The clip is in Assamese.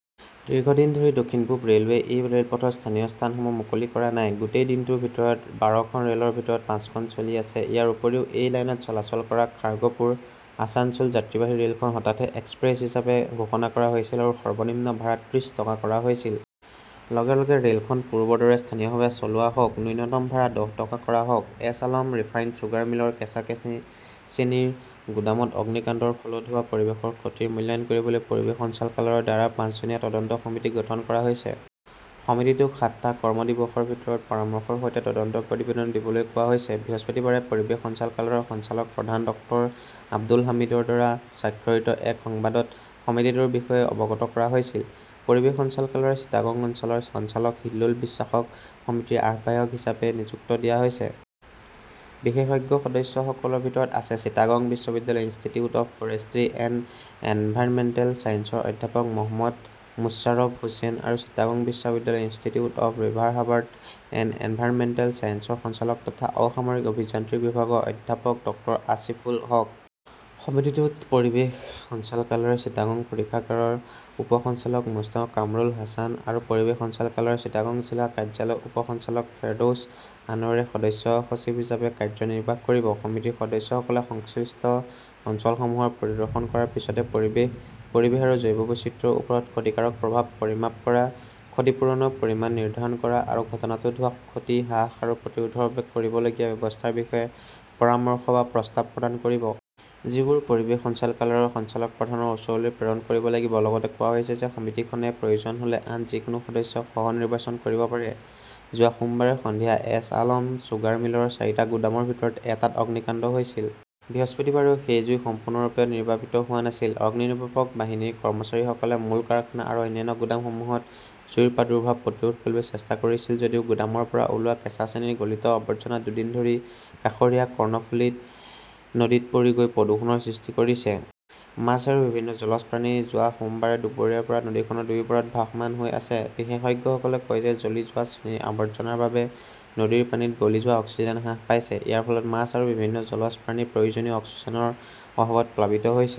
দীৰ্ঘদিন ধৰি দক্ষিণ-পূৱ ৰে'লৱেই এই ৰে'লপথৰ স্থানীয় স্থানসমূহ মুকলি কৰা নাই। গোটেই দিনটোৰ ভিতৰত বাৰখন ৰে'লৰ ভিতৰত পাঁচখন চলি আছে। ইয়াৰ উপৰিও, এই লাইনত চলাচল কৰা খাৰ্গপুৰ-আছানছোল যাত্ৰীবাহী ৰে'লখন হঠাতে এক্সপ্ৰেছ হিচাপে ঘোষণা কৰা হৈছিল আৰু সৰ্বনিম্ন ভাড়া ত্ৰিশ টকা কৰা হৈছিল। লগে লগে ৰে'লখন পূৰ্বৰ দৰে স্থানীয়ভাৱে চলোৱা হওক। নূন্যতম ভাড়া দহ টকা কৰা হওক। এছ আলম ৰিফাইণ্ড চুগাৰ মিলৰ কেঁচা চেনিৰ গুদামত অগ্নিকাণ্ডৰ ফলত হোৱা পৰিৱেশৰ ক্ষতিৰ মূল্যায়ন কৰিবলৈ পৰিৱেশ সঞ্চালকালয়ৰ দ্বাৰা পাঁচজনীয়া তদন্ত সমিতি গঠন কৰা হৈছে। সমিতিটোক সাতটা কৰ্ম দিৱসৰ ভিতৰত পৰামৰ্শৰ সৈতে তদন্ত প্ৰতিবেদন দিবলৈ কোৱা হৈছে। বৃহস্পতিবাৰে পৰিৱেশ সঞ্চালকালয়ৰ সঞ্চালক প্ৰধান ডক্টৰ আব্দুল হামিদৰ দ্বাৰা স্বাক্ষৰিত এক সংবাদত সমিতিটোৰ বিষয়ে অৱগত কৰা হৈছিল। পৰিৱেশ সঞ্চালকালয়ৰ চিটাগং অঞ্চলৰ সঞ্চালক হিলোল বিশ্বাসক সমিতিৰ আহ্বায়ক হিচাপে নিযুক্তি দিয়া হৈছে। বিশেষজ্ঞ সদস্যসকলৰ ভিতৰত আছে চিটাগং বিশ্ববিদ্যালয়ৰ institute of forestry and environmental ছায়েন্সৰ অধ্যাপক মহম্মদ মুশ্বাৰফ হোসেন আৰু চিটাগং বিশ্ববিদ্যালয়ৰ institute of river harbour and environmental ছায়েন্সৰ সঞ্চালক তথা অসামৰিক অভিযান্ত্ৰিক বিভাগৰ অধ্যাপক ডক্টৰ আসিফুল হক। সমিতিটোত পৰিৱেশ সঞ্চালকালয়ৰ চিটাগং পৰীক্ষাগাৰৰ উপ সঞ্চালক মো. কামৰুল হাছান‌ আৰু পৰিৱেশ সঞ্চালকালয়ৰ চিটাগং জিলা কাৰ্যালয়ৰ উপ সঞ্চালক ফেৰদৌছ আনৱাৰে সদস্য সচিব হিচাপে কাৰ্যনিৰ্বাহ কৰিব। সমিতিৰ সদস্যসকলে সংশ্লিষ্ট অঞ্চলসমূহ পৰিদৰ্শন কৰাৰ পিছত পৰিৱেশ, পৰিৱেশ আৰু জৈৱ বৈচিত্ৰ্যৰ ওপৰত ক্ষতিকাৰক প্ৰভাৱ পৰিমাপ কৰা, ক্ষতিপূৰণৰ পৰিমাণ নিৰ্ধাৰণ কৰা আৰু ঘটনাটোত হোৱা ক্ষতি হ্ৰাস আৰু প্ৰতিৰোধৰ বাবে কৰিবলগীয়া ব্যৱস্থাৰ বিষয়ে পৰামৰ্শ বা প্ৰস্তাৱ প্ৰদান কৰিব। যিবোৰ পৰিৱেশ সঞ্চালকালয়ৰ সঞ্চালক প্ৰধানৰ ওচৰলৈ প্ৰেৰণ কৰিব লাগিব। লগতে কোৱা হৈছে যে সমিতিখনে প্ৰয়োজন হ'লে আন যিকোনো সদস্যই সহ-নিৰ্বাচন কৰিব পাৰে। যোৱা সোমবাৰে সন্ধিয়া এছ আলম চুগাৰ মিলৰ চাৰিটা গুদামৰ ভিতৰত, এটাত অগ্নিকাণ্ড হৈছিল। বৃহস্পতিবাৰেও সেই জুই সম্পূৰ্ণৰূপে নিৰ্বাপিত হোৱা নাছিল। অগ্নিনিৰ্বাপক বাহিনীৰ কৰ্মচাৰীসকলে মূল কাৰখানা আৰু অন্যান্য গুদামসমূহত জুইৰ প্ৰাদুৰ্ভাৱ প্ৰতিৰোধ কৰিবলৈ চেষ্টা কৰিছিল যদিও গুদামৰ পৰা ওলোৱা কেঁচা চেনিৰ গলিত আৱৰ্জনা দুদিন ধৰি কাষৰীয়া কৰ্ণফুলি নদীত পৰি গৈ প্ৰদূষণৰ সৃষ্টি কৰিছে। মাছ আৰু বিভিন্ন জলজ প্ৰাণী যোৱা সোমবাৰে দুপৰীয়াৰ পৰা নদীখনৰ দুয়ো পাৰত ভাসমান হৈ আছে। বিশেষজ্ঞসকলে কয় যে জ্বলি যোৱা চেনিৰ আৱৰ্জনাৰ বাবে নদীৰ পানীত গলি যোৱা অক্সিজেন হ্ৰাস পাইছে। ইয়াৰ ফলত মাছ আৰু বিভিন্ন জলজ প্ৰাণী প্ৰয়োজনীয় অক্সিজেনৰ অভাৱত প্লাবিত হৈছে।